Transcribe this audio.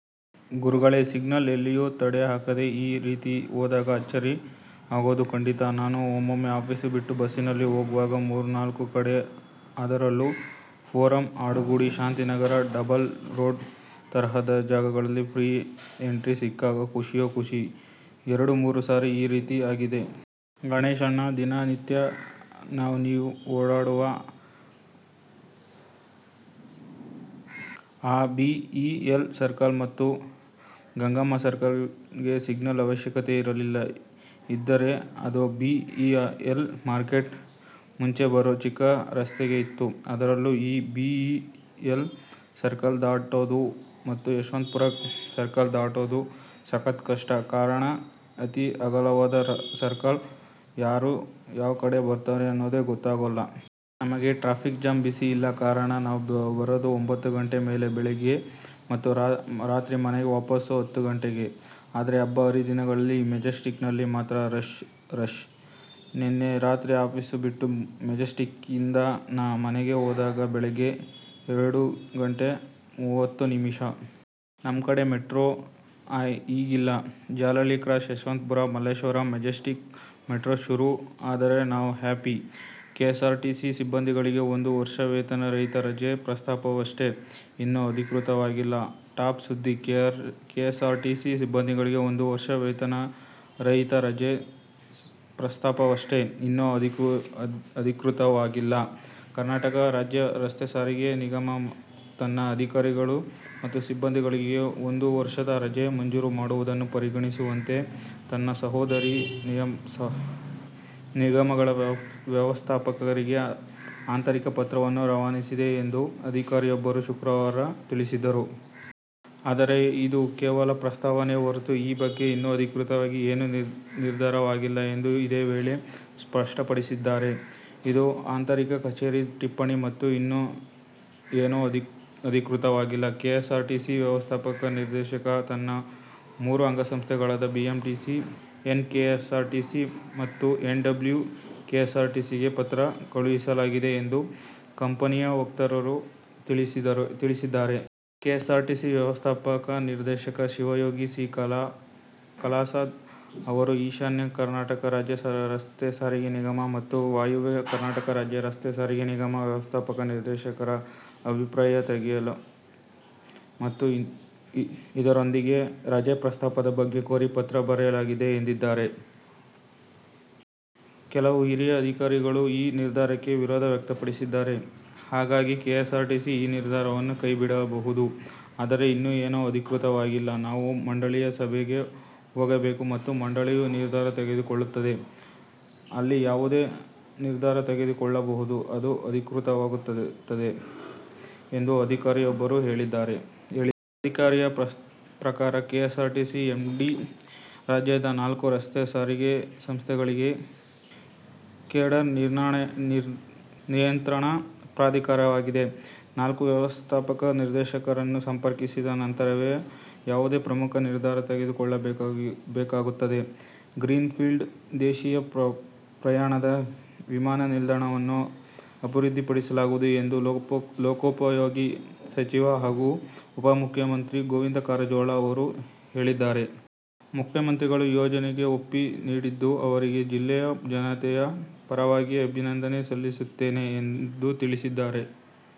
ಗುರುಗಳೇ -ಸಿಗ್ನಲ್ ಎಲ್ಲಿಯೂ ತಡೆ ಹಾಕದೆ ಈ ರೀತಿ ಹೋದಾಗ ಅಚ್ಚರಿ ಆಗೋದು ಖಚಿತ. ನಾನೂ ಒಮ್ಮೊಮ್ಮೆ ಆಫೀಸು ಬಿಟ್ಟು ಬಸ್ಸಲ್ಲಿ ಹೋಗ್ವಾಗ ಮೂರು-ನಾಲ್ಕು ಕಡೆ ಅದರಲ್ಲೂ Forum, Adugodi, Shantinagar double road ತರಹದ ಜಾಗಗಳಲ್ಲಿ ಫ್ರೀ ಎಂಟ್ರಿ ಸಿಕ್ಕಾಗ ಖುಷಿಯೋ ಖುಷಿ ಎರಡು-ಮೂರು ಸಾರಿ ಈ ರೀತಿ ಆಗಿದೆ. ಗಣೇಶ್ ಅಣ್ಣ, ದಿನ ನಿತ್ಯ ನಾವ್ ನೀವ್ ಓಡಾಡುವ ಆ ಬೀ.ಈ.ಎಲ್ ಸರ್ಕಲ್ ಮತ್ತು ಗಂಗಮ್ಮ ಸರ್ಕಲ್ ಗೆ ಸಿಗ್ನಲ್ ಅವಶ್ಯಕತೆ ಇರಲಿಲ್ಲ, ಇದ್ದರೆ ಅದು ಬೀ.ಈ.ಎಲ್ ಮಾರ್ಕೆಟ್ ಮುಂಚೆ ಬರೋ ಚಿಕ್ಕ ರಸ್ತೆಗೆ ಇತ್ತು. ಅದರಲ್ಲೂ ಈ ಬೀ.ಈ.ಎಲ್ ಸರ್ಕಲ್ ದಾಟೋದು ಮತ್ತು ಯಶವಂತಪುರ ಸರ್ಕಲ್ ದಾಟೋದು ಸಖತ್ ಕಷ್ಟ, ಕಾರಣ ಅತಿ ಅಗಲವಾದ ಸರ್ಕಲ್ -ಯಾರು ಯಾವ್ ಕಡೆ ಬರ್ತಾರೆ ಅನ್ನೋದೇ ಗೊತ್ತಾಗೊಲ್ಲ.. ನಮಗೆ ಟ್ರಾಫಿಕ್ ಜಾಮ್ ಬಿಸಿ ಇಲ್ಲ -ಕಾರಣ ನಾವ್ ಬರೋದು ಒಂಭತ್ತು ಗಂಟೆ ಮೇಲೆ ಬೆಳಗ್ಗೆ, ಮತ್ತು ರಾತ್ರಿ ಮನೆಗೆ ವಾಪಸ್ಸು ಹತ್ತು ಗಂಟೆಗೆ. ಆದ್ರೆ ಹಬ್ಬ ಹರಿದಿನಗಳಲ್ಲಿ ಈ ಮೆಜೆಸ್ಟಿಕ್ಕಲ್ಲಿ ಮಾತ್ರ ರಶ್ -ರಶ್. ನಿನ್ನೆ ರಾತ್ರಿ ಆಫೀಸು ಬಿಟ್ಟು ಮೆಜೆಸ್ತಿಕ್ಕಿಂದ ನಾ ಮನೆಗೆ ಹೋದಾಗ ಬೆಳಗ್ಗೆ ಎರಡು ಗಂಟೆ ಮೂವತ್ತು ನಿಮಿಷ. ನಮ್ ಕಡೆ ಮೆಟ್ರೋ ಈಗಿಲ್ಲ -Jalahalli cross -Yeshwantpur -Malleshwaram -Majestic metro ಶುರು ಆದರೆ ನಾವ್ ಹ್ಯಾಪಿ."ಕೆಎಸ್ಆರ್ಟಿಸಿ ಸಿಬ್ಬಂದಿಗಳಿಗೆ ಒಂದು ವರ್ಷ ವೇತನ ರಹಿತ ರಜೆ ಪ್ರಸ್ತಾಪವಷ್ಟೆ, ಇನ್ನೂ ಅಧಿಕೃತವಾಗಿಲ್ಲ" ಟಾಪ್ ಸುದ್ದಿ "ಕೆಎಸ್ಆರ್ಟಿಸಿ ಸಿಬ್ಬಂದಿಗಳಿಗೆ ಒಂದು ವರ್ಷ ವೇತನ ರಹಿತ ರಜೆ ಪ್ರಸ್ತಾಪವಷ್ಟೆ, ಇನ್ನೂ ಅಧಿಕೃತವಾಗಿಲ್ಲ" ಕರ್ನಾಟಕ ರಾಜ್ಯ ರಸ್ತೆ ಸಾರಿಗೆ ನಿಗಮ ತನ್ನ ಅಧಿಕಾರಿಗಳು ಮತ್ತು ಸಿಬ್ಬಂದಿಗೆ ಒಂದು ವರ್ಷದ ರಜೆ ಮಂಜೂರು ಮಾಡುವುದನ್ನು ಪರಿಗಣಿಸುವಂತೆ, ತನ್ನ ಸಹೋದರಿ ನಿಗಮಗಳ ವ್ಯವಸ್ಥಾಪಕರಿಗೆ ಆಂತರಿಕ ಪತ್ರವನ್ನು ರವಾನಿಸಿದೆ ಎಂದು ಅಧಿಕಾರಿಯೊಬ್ಬರು ಶುಕ್ರವಾರ ತಿಳಿಸಿದ್ದಾರೆ. ಆದರೆ, ಇದು ಕೇವಲ ಪ್ರಸ್ತಾಪವೇ ಹೊರತು, ಈ ಬಗ್ಗೆ ಇನ್ನೂ ಅಧಿಕೃತವಾಗಿ ಏನೂ ನಿರ್ಧಾರವಾಗಿಲ್ಲ ಎಂದು ಇದೇ ವೇಳೆ ಸ್ಪಷ್ಟಪಡಿಸಿದ್ದಾರೆ. "ಇದು ಆಂತರಿಕ ಕಚೇರಿ ಟಿಪ್ಪಣಿ ಮತ್ತು ಇನ್ನೂ ಏನೂ ಅಧಿಕೃತವಾಗಿಲ್ಲ. ಕೆಎಸ್ಆರ್ಟಿಸಿ ವ್ಯವಸ್ಥಾಪಕ ನಿರ್ದೇಶಕ ತನ್ನ ಮೂರು ಅಂಗಸಂಸ್ಥೆಗಳಾದ ಬಿಎಂಟಿಸಿ, ಎನ್ಕೆಎಸ್ಆರ್ಟಿಸಿ ಮತ್ತು ಎನ್ ಡಬ್ಲ್ಯೂ ಕೆಎಸ್ಆರ್ಟಿಸಿಗೆ ಪತ್ರ ಕಳುಹಿಸಲಾಗಿದೆ" ಎಂದು ಕಂಪನಿಯ ವಕ್ತಾರರು ತಿಳಿಸಿದ್ದಾರೆ. ಕೆಎಸ್ಆರ್ಟಿಸಿ ವ್ಯವಸ್ಥಾಪಕ ನಿರ್ದೇಶಕ ಶಿವಯೋಗಿ ಸಿ. ಕಲಾಸಾದ್ ಅವರು, ಈಶಾನ್ಯ ಕರ್ನಾಟಕ ರಾಜ್ಯ ರಸ್ತೆ ಸಾರಿಗೆ ನಿಗಮ ಮತ್ತು ವಾಯುವ್ಯ ಕರ್ನಾಟಕ ರಾಜ್ಯ ರಸ್ತೆ ಸಾರಿಗೆ ನಿಗಮ ವ್ಯವಸ್ಥಾಪಕ ನಿರ್ದೇಶಕರ ಅಭಿಪ್ರಾಯ ತೆಗೆಯಲು ಮತ್ತು ಇದರೊಂದಿಗೆ ರಜೆ ಪ್ರಸ್ತಾಪದ ಬಗ್ಗೆ ಕೋರಿ ಪತ್ರ ಬರೆಯಲಾಗಿದೆ ಎಂದಿದ್ದಾರೆ. "ಕೆಲವು ಹಿರಿಯ ಅಧಿಕಾರಿಗಳು ಈ ನಿರ್ಧಾರಕ್ಕೆ ವಿರೋಧ ವ್ಯಕ್ತಪಡಿಸಿದ್ದಾರೆ. ಹಾಗಾಗಿ ಕೆಎಸ್ಆರ್ಟಿಸಿ ಈ ನಿರ್ಧಾರವನ್ನು ಕೈಬಿಡಬಹುದು. ಆದರೆ ಇನ್ನೂ ಏನೂ ಅಧಿಕೃತವಾಗಿಲ್ಲ. ನಾವು ಮಂಡಳಿಯ ಸಭೆಗೆ ಹೋಗಬೇಕು ಮತ್ತು ಮಂಡಳಿಯು ನಿರ್ಧಾರ ತೆಗೆದುಕೊಳ್ಳುತ್ತದೆ. ಅಲ್ಲಿ ಯಾವುದೇ ನಿರ್ಧಾರ ತೆಗೆದುಕೊಳ್ಳಬಹುದು, ಅದು ಅಧಿಕೃತವಾಗುತ್ತದೆ" ಎಂದು ಅಧಿಕಾರಿಯಬ್ಬರು ಹೇಳಿದರು. ಅಧಿಕಾರಿಯ ಪ್ರಕಾರ, ಕೆಎಸ್ಆರ್ಟಿಸಿ ಎಂಡಿ ರಾಜ್ಯದ ನಾಲ್ಕು ರಸ್ತೆ ಸಾರಿಗೆ ಸಂಸ್ಥೆಗಳಿಗೆ ಕೇಡರ್ ನಿಯಂತ್ರಣ ಪ್ರಾಧಿಕಾರವಾಗಿದೆ. ನಾಲ್ಕು ವ್ಯವಸ್ಥಾಪಕ ನಿರ್ದೇಶಕರನ್ನು ಸಂಪರ್ಕಿಸಿದ ನಂತರವೇ ಯಾವುದೇ ಪ್ರಮುಖ ನಿರ್ಧಾರ ತೆಗೆದುಕೊಳ್ಳಬೇಕಾಗುತ್ತದೆ. ಗ್ರೀನ್ ಫೀಲ್ಡ್ ದೇಶೀಯ ಪ್ರಯಾಣದ ವಿಮಾನ ನಿಲ್ದಾಣವನ್ನು ಅಭಿವೃದ್ಧಿಪಡಿಸಲಾಗುವುದು ಎಂದು ಲೋಕೋಪಯೋಗಿ ಸಚಿವ ಹಾಗೂ ಉಪಮುಖ್ಯಮಂತ್ರಿ ಗೋವಿಂದ ಕಾರಜೋಳ ಅವರು ಹೇಳಿದ್ದಾರೆ. ಮುಖ್ಯಮಂತ್ರಿಗಳು ಯೋಜನೆಗೆ ಒಪ್ಪಿಗೆ ನೀಡಿದ್ದು ಅವರಿಗೆ ಜಿಲ್ಲೆಯ ಜನತೆಯ ಪರವಾಗಿ ಅಭಿನಂದನೆ ಸಲ್ಲಿಸುತ್ತೇನೆ ಎಂದು ತಿಳಿಸಿದರು.